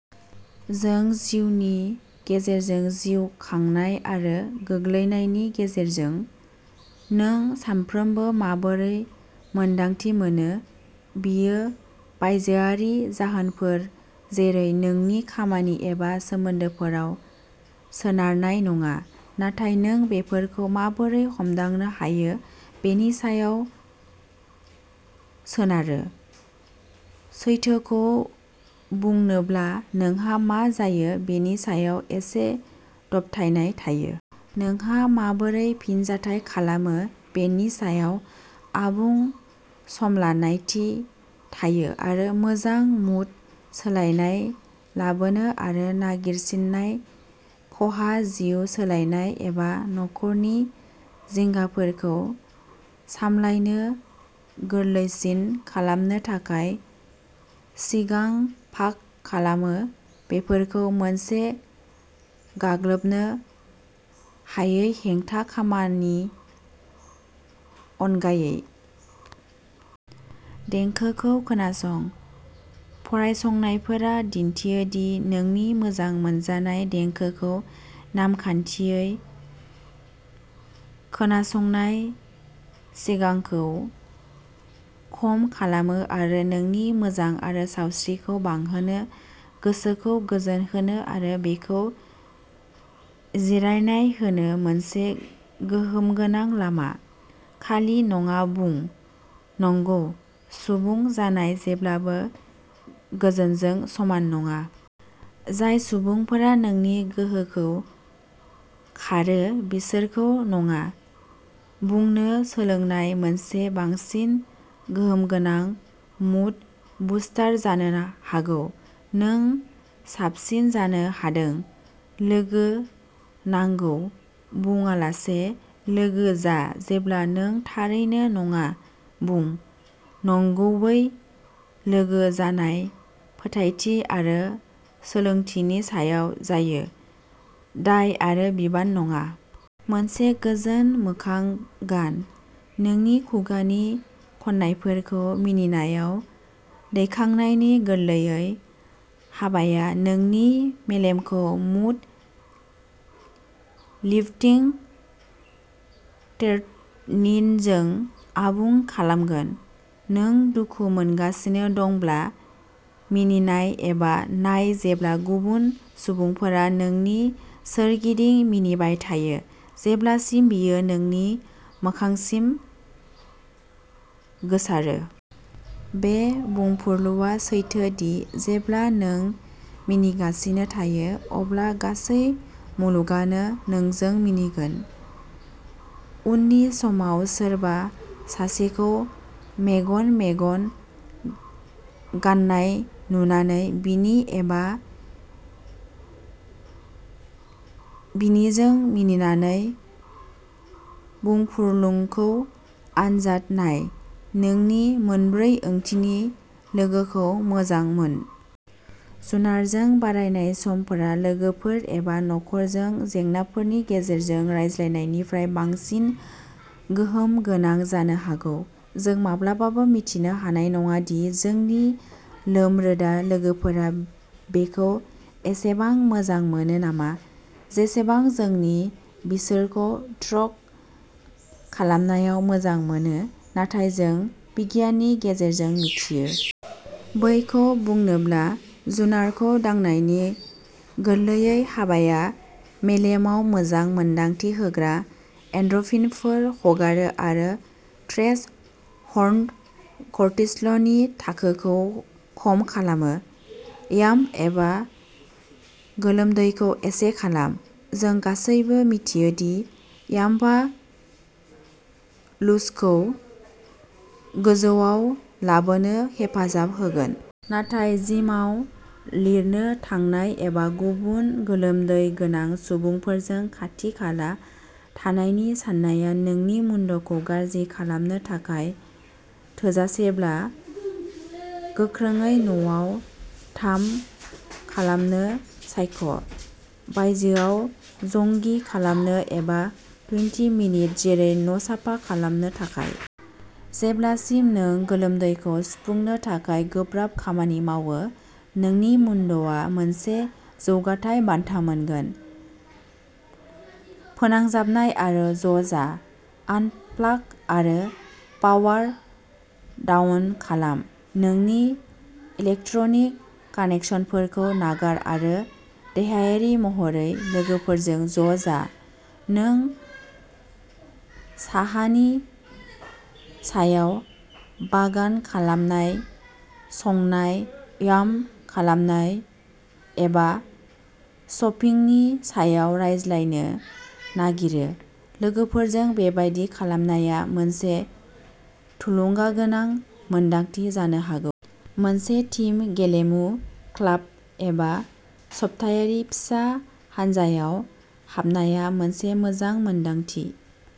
जों जिउनि गेजेरजों जिउ खांनाय आरो गोग्लैनायनि गेजेरजों। नों सानफ्रोमबो माबोरै मोन्दांथि मोनो, बेयो बायजोआरि जाहोनफोर जेरै नोंनि खामानि एबा सोमोन्दोफोराव सोनारनाय नङा, नाथाय नों बेफोरखौ माबोरै हमदांनो हायो बेनि सायाव सोनारो। सैथोखौ बुंनोब्ला, नोंहा मा जायो बेनि सायाव एसे दबथायनाय थायो। नोंहा माबोरै फिनजाथाय खालामो बेनि सायाव आबुं समलानायथि थायो आरो मोजां मुड सोलायनाय लाबोनो आरो नागिरसिननाय, खहा, जिउ सोलायनाय एबा नखरनि जिंगाफोरखौ सामलायनो गोरलैसिन खालामनो थाखाय सिगां-फाक खालामो, बेफोरखौ मोनसे गाग्लोबनो हायै हेंथा खालामानि अनगायै। देंखोखौ खोनासंः फरायसंनायफोरा दिन्थियो दि नोंनि मोजां मोनजानाय देंखोखौ नामखान्थियै खोनासंनाय सिगांखौ खम खालामो आरो नोंनि मोजां आरो सावस्रिखौ बांहोनो, गोसोखौ गोजोन होनो आरो बेखौ जिरायनाय होनो मोनसे गोहोमगोनां लामा। खालि नङा बुंः "नंगौ" सुबुं जानाय जेब्लाबो गोजोनजों समान नङा। जाय सुबुंफोरा नोंनि गोहोखौ खारो बिसोरखौ नङा बुंनो सोलोंनाय मोनसे बांसिन गोहोमगोनां मुड बुस्टार जानो हागौ। नों साबसिन जानो हादों। लोगो "नांगौ" बुङालासे लोगो जा जेब्ला नों थारैनो "नङा" बुं। नंगुबै लोगो जानाय फोथायथि आरो सोलोंथिनि सायाव जायो, दाय आरो बिबान नङा। मोनसे गोजोन मोखां गानः नोंनि खुगानि खनायफोरखौ मिनिनायाव दैखांनायनि गोरलैयै हाबाया नोंनि मेलेमखौ मुड-लिफ्टिं टेरटनिनजों आबुं खालामगोन। नों दुखु मोनगासिनो दंब्ला, मिनिनाय एबा नाय जेब्ला गुबुन सुबुंफोरा नोंनि सोरगिदिं मिनिबाय थायो जेब्लासिम बेयो नोंनि मोखांसिम गोसारो। बे बुंफुरलुआ सैथो दि जेब्ला नों मिनिगासिनो थायो अब्ला गासै मुलुगानो नोंजों मिनिगोन। उननि समाव सोरबा सासेखौ मेगन-मेगन गाननाय नुनानै बिनि एबा बिनिजों मिनिनानै बुंफुरलुंखौ आनजाद नाय। नोंनि मोनब्रै ओंथिनि लोगोखौ मोजां मोन। जुनारजों बारनाय समफोरा लोगोफोर एबा नखरजों जेंनाफोरनि गेजेरजों रायज्लायनायनिफ्राय बांसिन गोहोम गोनां जानो हागौ। जों माब्लाबाबो मिन्थिनो हानाय नङा दि जोंनि लोम-रोदा लोगोफोरा बेखौ एसेबां मोजां मोनो नामा जेसेबां जोंनि बिसोरखौ ट्रक खालामनायाव मोजां मोनो, नाथाय जों बिगियाननि गेजेरजों मिथियो। बैखौ बुंनोब्ला, जुनारखौ दांनायनि गोरलैयै हाबाया मेलेमाव मोजां मोन्दांथि होग्रा एन्ड'रफिनफोर हगारो आरो स्ट्रेस हर्म'न कर्टिसलनि थाखोखौ खम खालामो। याम एबा गोलोमदैखौ एसे खालाम। जों गासैबो मिथियो दि यामआ लुजखौ गोजौआव लाबोनो हेफाजाब होगोन। नाथाय जिमाव लिरनो थांनाय एबा गुबुन गोलोमदै गोनां सुबुंफोरजों खाथि-खाला थानायनि साननाया नोंनि मुनड'खौ गाज्रि खालामनो थाखाय थोजासेब्ला, गोख्रोङै न'आव थाम खालामनो सायख', बायजोआव जंगि खालामनो एबा टुइन्टि मिनिट जोरै न'साफा खालामनो थाखाय। जेब्लासिम नों गोलोमदैखौ सुफुंनो थाखाय गोब्राब खामानि मावो, नोंनि मुनड'आ मोनसे जौगाथाइ बान्था मोनगोन। फोनांजाबनाय आरो ज'जा। आनप्लाग आरो पावार डाउन खालाम, नोंनि इलेक्ट्रनिक कानेकसनफोरखौ नागार आरो देहायारि महरै लोगोफोरजों ज'जा। नों साहानि सायाव, बागान खालामनाय, संनाय, याम खालामनाय, एबा शपिंनि सायाव रायज्लायनो नागिरो, लोगोफोरजों बेबादि खालामनाया मोनसे थुलुंगागोनां मोनदांथि जानो हागौ। मोनसे टीम गेलेमु, क्लाब एबा सप्तायारि फिसा हानजायाव हाबनाया मोनसे मोजां मोनदांथि।